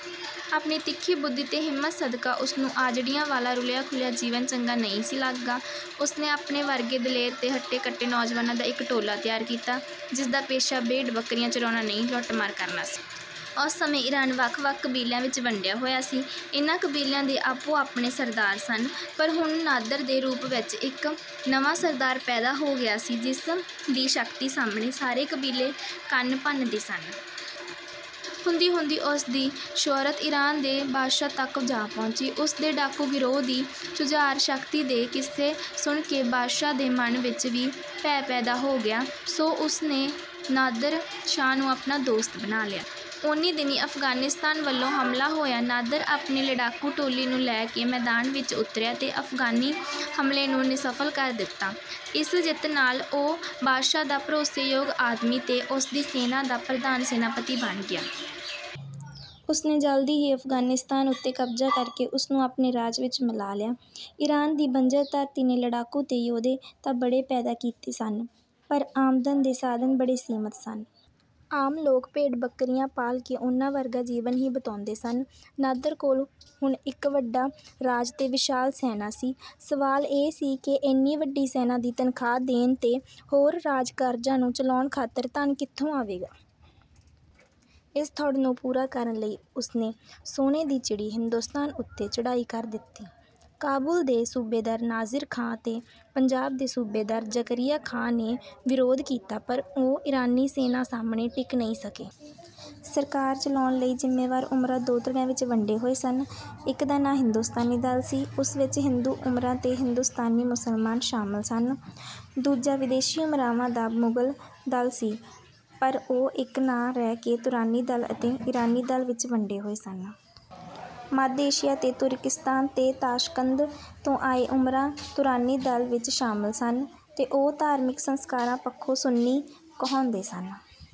ਆਪਣੀ ਤਿੱਖੀ-ਬੁੱਧੀ ਤੇ ਹਿੰਮਤ ਸਦਕਾ ਉਸਨੂੰ ਆਜੜੀਆਂ ਵਾਲਾ, ਰੁਲਿਆ-ਖੁਲਿਆ ਜੀਵਨ ਚੰਗਾ ਨਹੀਂ ਸੀ ਲੱਗਾ। ਉਸਨੇ ਆਪਣੇ ਵਰਗੇ ਦਲੇਰ ਤੇ ਹੱਟੇ-ਕੱਟੇ ਨੌਜਵਾਨਾਂ ਦਾ ਇੱਕ ਟੋਲਾ ਤਿਆਰ ਕੀਤਾ, ਜਿਸ ਦਾ ਪੇਸ਼ਾ ਭੇਡ-ਬੱਕਰੀਆਂ ਚਰਾਉਣਾ ਨਹੀਂ, ਲੁੱਟ-ਮਾਰ ਕਰਨਾ ਸੀ। ਉਸ ਸਮੇਂ ਈਰਾਨ ਵੱਖ-ਵੱਖ ਕਬੀਲਿਆਂ ਵਿੱਚ ਵੰਡਿਆ ਹੋਇਆ ਸੀ। ਇਹਨਾਂ ਕਬੀਲਿਆਂ ਦੇ ਆਪੋ-ਆਪਣੇ ਸਰਦਾਰ ਸਨ। ਪਰ ਹੁਣ ਨਾਦਰ ਦੇ ਰੂਪ ਵਿੱਚ ਇੱਕ ਨਵਾਂ ਸਰਦਾਰ ਪੈਦਾ ਹੋ ਗਿਆ ਸੀ, ਜਿਸ ਦੀ ਸ਼ਕਤੀ ਸਾਹਮਣੇ ਸਾਰੇ ਕਬੀਲੇ ਕੰਨ ਭੰਨਦੇ ਸਨ। ਹੁੰਦੀ-ਹੁੰਦੀ ਉਸ ਦੀ ਸ਼ੋਹਰਤ ਈਰਾਨ ਦੇ ਬਾਦਸ਼ਾਹ ਤੱਕ ਜਾ ਪਹੁੰਚੀ। ਉਸ ਦੇ ਡਾਕੂ-ਗਿਰੋਹ ਦੀ ਜੁਝਾਰੂ ਸ਼ਕਤੀ ਦੇ ਕਿੱਸੇ ਸੁਣ ਕੇ ਬਾਦਸ਼ਾਹ ਦੇ ਮਨ ਵਿੱਚ ਵੀ ਭੈ ਪੈਦਾ ਹੋ ਗਿਆ, ਸੋ ਉਸ ਨੇ ਨਾਦਰ ਸ਼ਾਹ ਨੂੰ ਆਪਣਾ ਦੋਸਤ ਬਣਾ ਲਿਆ। ਓਨੀਂ ਦਿਨੀਂ ਅਫ਼ਗਾਨਿਸਤਾਨ ਵੱਲੋਂ ਹਮਲਾ ਹੋਇਆ। ਨਾਦਰ ਆਪਣੀ ਲੜਾਕੂ ਟੋਲੀ ਨੂੰ ਲੈ ਕੇ ਮੈਦਾਨ ਵਿੱਚ ਉਤਰਿਆ ਤੇ ਅਫ਼ਗਾਨੀ ਹਮਲੇ ਨੂੰ ਨਿਸਫਲ ਕਰ ਦਿੱਤਾ। ਇਸ ਜਿੱਤ ਨਾਲ ਉਹ ਬਾਦਸ਼ਾਹ ਦਾ ਭਰੋਸੇ-ਯੋਗ ਆਦਮੀ ਤੇ ਉਸ ਦੀ ਸੈਨਾ ਦਾ ਪ੍ਰਧਾਨ-ਸੈਨਾਪਤੀ ਬਣ ਗਿਆ। ਉਸਨੇ ਜਲਦੀ ਹੀ ਅਫ਼ਗਾਨਿਸਤਾਨ ਉੱਤੇ ਕਬਜ਼ਾ ਕਰਕੇ ਉਸ ਨੂੰ ਆਪਣੇ ਰਾਜ ਵਿੱਚ ਮਿਲਾ ਲਿਆ। ਈਰਾਨ ਦੀ ਬੰਜਰ ਧਰਤੀ ਨੇ ਲੜਾਕੂ ਤੇ ਯੋਧੇ ਤਾਂ ਬੜੇ ਪੈਦਾ ਕੀਤੇ ਸਨ, ਪਰ ਆਮਦਨ ਦੇ ਸਾਧਨ ਬੜੇ ਸੀਮਤ ਸਨ। ਆਮ ਲੋਕ ਭੇਡ-ਬੱਕਰੀਆਂ ਪਾਲ ਕੇ ਉਹਨਾਂ ਵਰਗਾ ਜੀਵਨ ਹੀ ਬਿਤਾਉਂਦੇ ਸਨ। ਨਾਦਰ ਕੋਲ ਹੁਣ ਇੱਕ ਵੱਡਾ ਰਾਜ ਤੇ ਵਿਸ਼ਾਲ ਸੈਨਾ ਸੀ। ਸਵਾਲ ਇਹ ਸੀ ਕਿ ਇੰਨੀ ਵੱਡੀ ਸੈਨਾ ਦੀ ਤਨਖਾਹ ਦੇਣ ਤੇ ਹੋਰ ਰਾਜ-ਕਾਰਜਾਂ ਨੂੰ ਚਲਾਉਣ ਖਾਤਰ ਧਨ ਕਿੱਥੋਂ ਆਵੇਗਾ? ਇਸ ਥੁੜ ਨੂੰ ਪੂਰਾ ਕਰਨ ਲਈ ਉਸਨੇ 'ਸੋਨੇ ਦੀ ਚਿੜੀ' ਹਿੰਦੁਸਤਾਨ ਉੱਤੇ ਚੜ੍ਹਾਈ ਕਰ ਦਿੱਤੀ। ਕਾਬੁਲ ਦੇ ਸੂਬੇਦਾਰ ਨਾਸਿਰ ਖ਼ਾਂ ਤੇ ਪੰਜਾਬ ਦੇ ਸੂਬੇਦਾਰ ਜ਼ਕਰੀਆ ਖ਼ਾਂ ਨੇ ਵਿਰੋਧ ਕੀਤਾ, ਪਰ ਉਹ ਈਰਾਨੀ ਸੈਨਾ ਸਾਹਮਣੇ ਟਿਕ ਨਹੀਂ ਸਕੇ। ਸਰਕਾਰ ਚਲਾਉਣ ਲਈ ਜ਼ਿੰਮੇਵਾਰ ਉਮਰਾ, ਦੋ ਧੜਿਆਂ ਵਿੱਚ ਵੰਡੇ ਹੋਏ ਸਨ। ਇੱਕ ਦਾ ਨਾਂ ਹਿੰਦੁਸਤਾਨੀ-ਦਲ ਸੀ, ਉਸ ਵਿੱਚ ਹਿੰਦੂ-ਉਮਰਾ ਤੇ ਹਿੰਦੁਸਤਾਨੀ ਮੁਸਲਮਾਨ ਸ਼ਾਮਲ ਸਨ। ਦੂਜਾ ਵਿਦੇਸ਼ੀ ਉਮਰਾਵਾਂ ਦਾ ਮੁਗ਼ਲ-ਦਲ ਸੀ। ਪਰ ਉਹ ਇੱਕ ਨਾ ਰਹਿ ਕੇ ਤੁਰਾਨੀ-ਦਲ ਅਤੇ ਈਰਾਨੀ-ਦਲ ਵਿੱਚ ਵੰਡੇ ਹੋਏ ਸਨ। ਮੱਧ ਏਸ਼ੀਆ ਦੇ ਤੁਰਕਿਸਤਾਨ ਤੇ ਤਾਸ਼ਕੰਦ ਤੋਂ ਆਏ ਉਮਰਾ, ਤੁਰਾਨੀ-ਦਲ ਵਿੱਚ ਸ਼ਾਮਲ ਸਨ ਤੇ ਉਹ ਧਾਰਮਿਕ ਸੰਸਕਾਰਾਂ ਪੱਖੋਂ 'ਸੁੰਨੀ' ਕਹਾਉਂਦੇ ਸਨ।